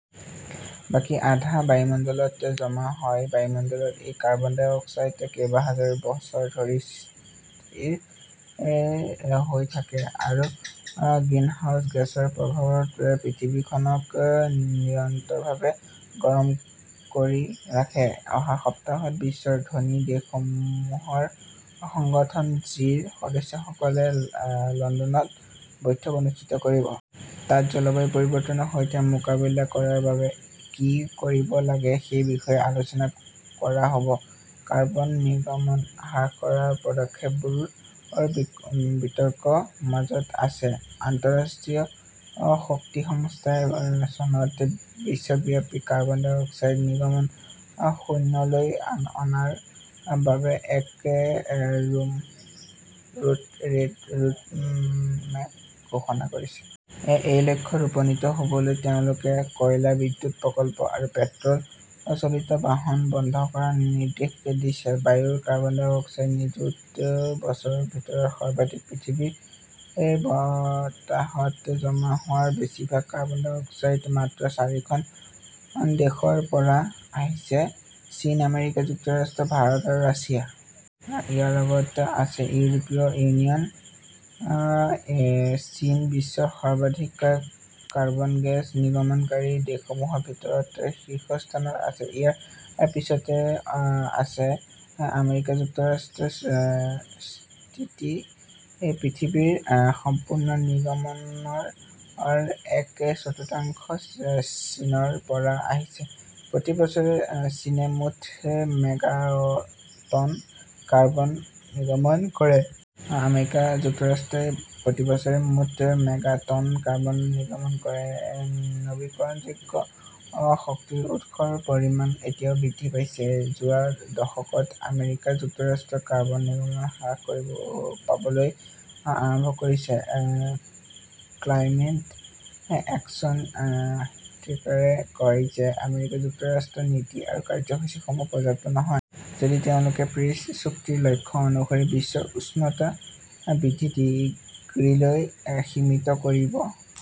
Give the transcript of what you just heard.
বাকী আধা বায়ুমণ্ডলত জমা হয়। বায়ুমণ্ডলত এই কাৰ্বন ডাই অক্সাইড কেইবাহাজাৰ বছৰ ধৰি স্থিৰ হৈ থাকে আৰু গ্ৰীণহাউছ গেছৰ প্ৰভাৱত পৃথিৱীখনক নিৰন্তৰভাৱে গৰম কৰি ৰাখে। অহা সপ্তাহত বিশ্বৰ ধনী দেশসমূহৰ সংগঠন জিৰ সদস্যসকলে লণ্ডনত বৈঠক অনুষ্ঠিত কৰিব। তাত জলবায়ু পৰিৱৰ্তনৰ সৈতে মোকাবিলা কৰাৰ বাবে কি কৰিব লাগে সেই বিষয়ে আলোচনা কৰা হ ʼব। কাৰ্বন নিৰ্গমন হ্ৰাস কৰাৰ পদক্ষেপবোৰ বিতৰ্কৰ মাজত আছে। আন্তঃৰাষ্ট্ৰীয় শক্তি সংস্থাই চনত বিশ্বব্যাপী কাৰ্বন ডাই অক্সাইড নিৰ্গমন শূন্যলৈ অনাৰ বাবে এক ৰোডমেপ ঘোষণা কৰিছে। এই লক্ষ্যত উপনীত হʼবলৈ তেওঁলোকে কয়লা বিদ্যুৎ প্ৰকল্প আৰু পেট্ৰʼ ল চালিত বাহন বন্ধ কৰাৰ নিৰ্দেশ দিছে। বায়ুৰ কাৰ্বন ডাই অক্সাইড নিযুত বছৰৰ ভিতৰত সৰ্বাধিক পৃথিৱীৰ বতাহত জমা হোৱা বেছিভাগ কাৰ্বন ডাই অক্সাইড মাত্ৰ চাৰিখন দেশৰ পৰা আহিছে-চীন, আমেৰিকা যুক্তৰাষ্ট্ৰ, ভাৰত আৰু ৰাছিয়া। ইয়াৰ লগত আছে ইউৰোপীয় ইউনিয়ন। চীন বিশ্বৰ সৰ্বাধিক কাৰ্বন গেছ নিৰ্গমনকাৰী দেশসমূহৰ ভিতৰত শীৰ্ষস্থানত আছে। ইয়াৰ পিছতে আছে আমেৰিকা যুক্তৰাষ্ট্ৰৰ স্থিতি। পৃথিৱীৰ সম্পূৰ্ণ নিৰ্গমনৰ এক চতুৰ্থাংশ চীনৰ পৰা আহিছে। প্ৰতি বছৰে চীনে মুঠ মেগা টন কাৰ্বন নিৰ্গমন কৰে। আমেৰিকা যুক্তৰাষ্ট্ৰই প্ৰতি বছৰে মুঠ মেগা টন কাৰ্বন নিৰ্গমন কৰে। নৱীকৰণযোগ্য শক্তিৰ উৎসৰ পৰিমাণ এতিয়া বৃদ্ধি পাইছে। যোৱা দশকত আমেৰিকা যুক্তৰাষ্ট্ৰৰ কাৰ্বন নিৰ্গমন হ্ৰাস পাবলৈ আৰম্ভ কৰিছে। ক্লাইমেট একশ্যন ট্ৰেকাৰে কয় যে আমেৰিকা যুক্তৰাষ্ট্ৰৰ নীতি আৰু কাৰ্যসূচীসমূহ পৰ্যাপ্ত নহয়। যদি তেওঁলোকে পেৰিছ চুক্তিৰ লক্ষ্য অনুসৰি বিশ্বৰ উষ্ণতা বৃদ্ধি ডিগ্ৰীলৈ সীমিত কৰিব।